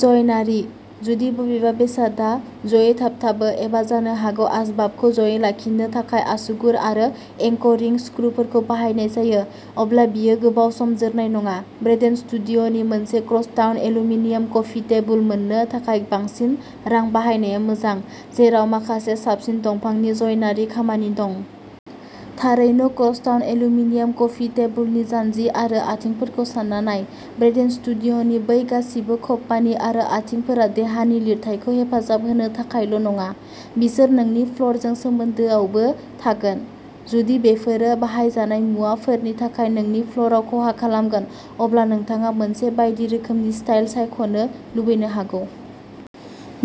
ज'यनारी। जुदि बबेबा बेसादआ ज'यै थाबथाबो एबा जानो हागौ आसबाबखौ ज'यै लाखिनो थाखाय आसुगुर आरो एंकरिं स्क्रुफोरखौ बाहायनाय जायो, अब्ला बेयो गोबाव सम जोरनाय नङा। ब्रेडेन स्टुडिय'नि मोनसे क्रसटाउन एलुमिनियाम कफि टेबुल मोननो थाखाय बांसिन रां बाहायनाया मोजां, जेराव माखासे साबसिन दंफांनि ज'यनारी खामानि दं। थारैनो क्रसटाउन एलुमिनियाम कफि टेबुलनि जानजि आरो आथिंफोरखौ सान्ना नाय। ब्रेडेन स्टुडिय'नि बै गासिबो खप्पानि आरो आथिंफोरा देहानि लिरथाइखौ हेफाजाब होनो थाखायल' नङा, बिसोर नोंनि फ्ल'रजों सोमोन्दोआवबो थागोन। जुदि बेफोरो बाहायजानाय मुवाफोरनि थाखाय नोंनि फ्ल'रआव खहा खालामगोन, अब्ला नोंथाङा मोनसे बायदि रोखोमनि स्टाइल सायख'नो लुबैनो हागौ।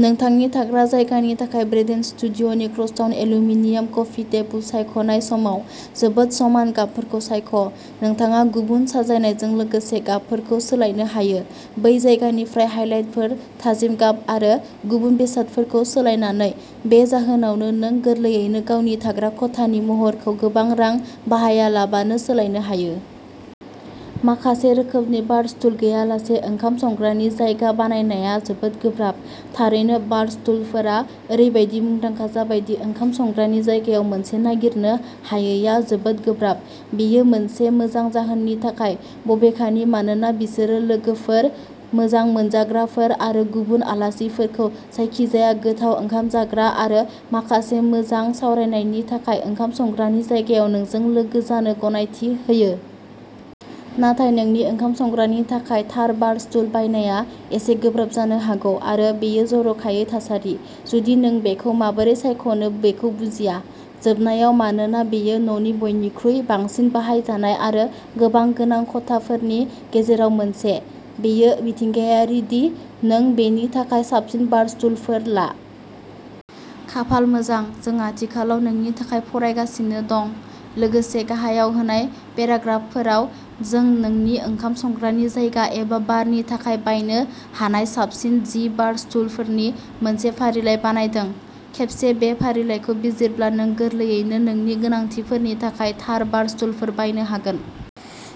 नोंथांनि थाग्रा जायगानि थाखाय ब्रेडेन स्टुडिय'नि क्रसटाउन एलुमिनियाम कफि टेबुल सायख'नाय समाव, जोबोद समान गाबफोरखौ सायख'। नोंथाङा गुबुन साजायनायजों लोगोसे गाबफोरखौ सोलायनो हायो। बै जायगानिफ्राय हाइलाइटफोर, थाजिम गाब आरो गुबुन बेसादफोरखौ सोलायनानै। बे जाहोनावनो, नों गोरलैयैनो गावनि थाग्रा खथानि महरखौ गोबां रां बाहायालाबानो सोलायनो हायो। माखासे रोखोमनि बार स्टुल गैयालासे ओंखाम संग्रानि जायगा बानायनाया जोबोद गोब्राब। थारैनो, बारस्टुलफोरा ओरैबायदि मुंदांखा जाबाय दि ओंखाम संग्रानि जायगायाव मोनसे नागिरनो हायैआ जोबोद गोब्राब। बेयो मोनसे मोजां जाहोननि थाखाय, बबेखानि, मानोना बिसोरो लोगोफोर, मोजां मोनजाग्राफोर, आरो गुबुन आलासिफोरखौ जायखिजाया गोथाव ओंखाम जाग्रा आरो माखासे मोजां सावरायनायनि थाखाय ओंखाम संग्रानि जायगायाव नोंजों लोगो जानो गनायथि होयो। नाथाय नोंनि ओंखाम संग्रानि थाखाय थार बारस्टुल बायनाया एसे गोब्राब जानो हागौ, आरो बेयो जर'खायै थासारि, जुदि नों बेखौ माबोरै सायख'नो बेखौ बुजिया। जोबनायाव, मानोना बेयो न'नि बयनिख्रुइ बांसिन बाहायजानाय आरो गोबां गोनां खथाफोरनि गेजेराव मोनसे, बेयो मिथिंगायारि दि नों बेनि थाखाय साबसिन बार स्टुलफोर ला। खाफाल मोजां, जों आथिखालाव नोंनि थाखाय फरायगासिनो दं, लोगोसे गाहायाव होनाय पेराग्राफफोराव जों नोंनि ओंखाम संग्रानि जायगा एबा बारनि थाखाय बायनो हानाय साबसिन जि बारस्टुलफोरनि मोनसे फारिलाइ बानायदों। खेबसे बे फारिलाइखौ बिजिरब्ला, नों गोरलैयैनो नोंनि गोनांथिफोरनि थाखाय थार बारस्टुलफोर बायनो हागोन।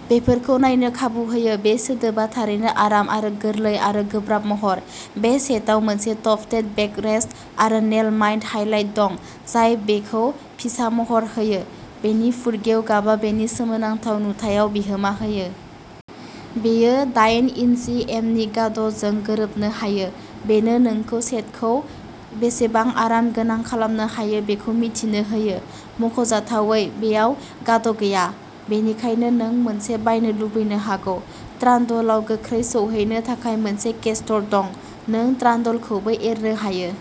बेफोरखौ नायनो खाबु होयो बे सोदोबा थारैनो आराम आरो गोरलै आरो गोब्राब महर। बे सेटाव मोनसे टफ्टेड बेक रेस्ट आरो नेल माइन्ड हाइलाइट दं जाय बेखौ फिसा महर होयो। बेनि फुरगेव गाबा बेनि सोमोनांथाव नुथायाव बिहोमा होयो। बेयो दायेन इन्सि एमनि गाद' जों गोरोबनो हायो। बेनो नोंखौ सेटखौ बेसेबां आरामगोनां खालामनो हायो बेखौ मिथिनो होयो। मख'जाथावै, बेयाव गाद' गैया। बेनिखायनो नों मोनसे बायनो लुबैनो हागौ। ट्रान्डलाव गोख्रै सौहैनो थाखाय मोनसे केस्टर दं। नों ट्रान्डलखौबो एरनो हायो।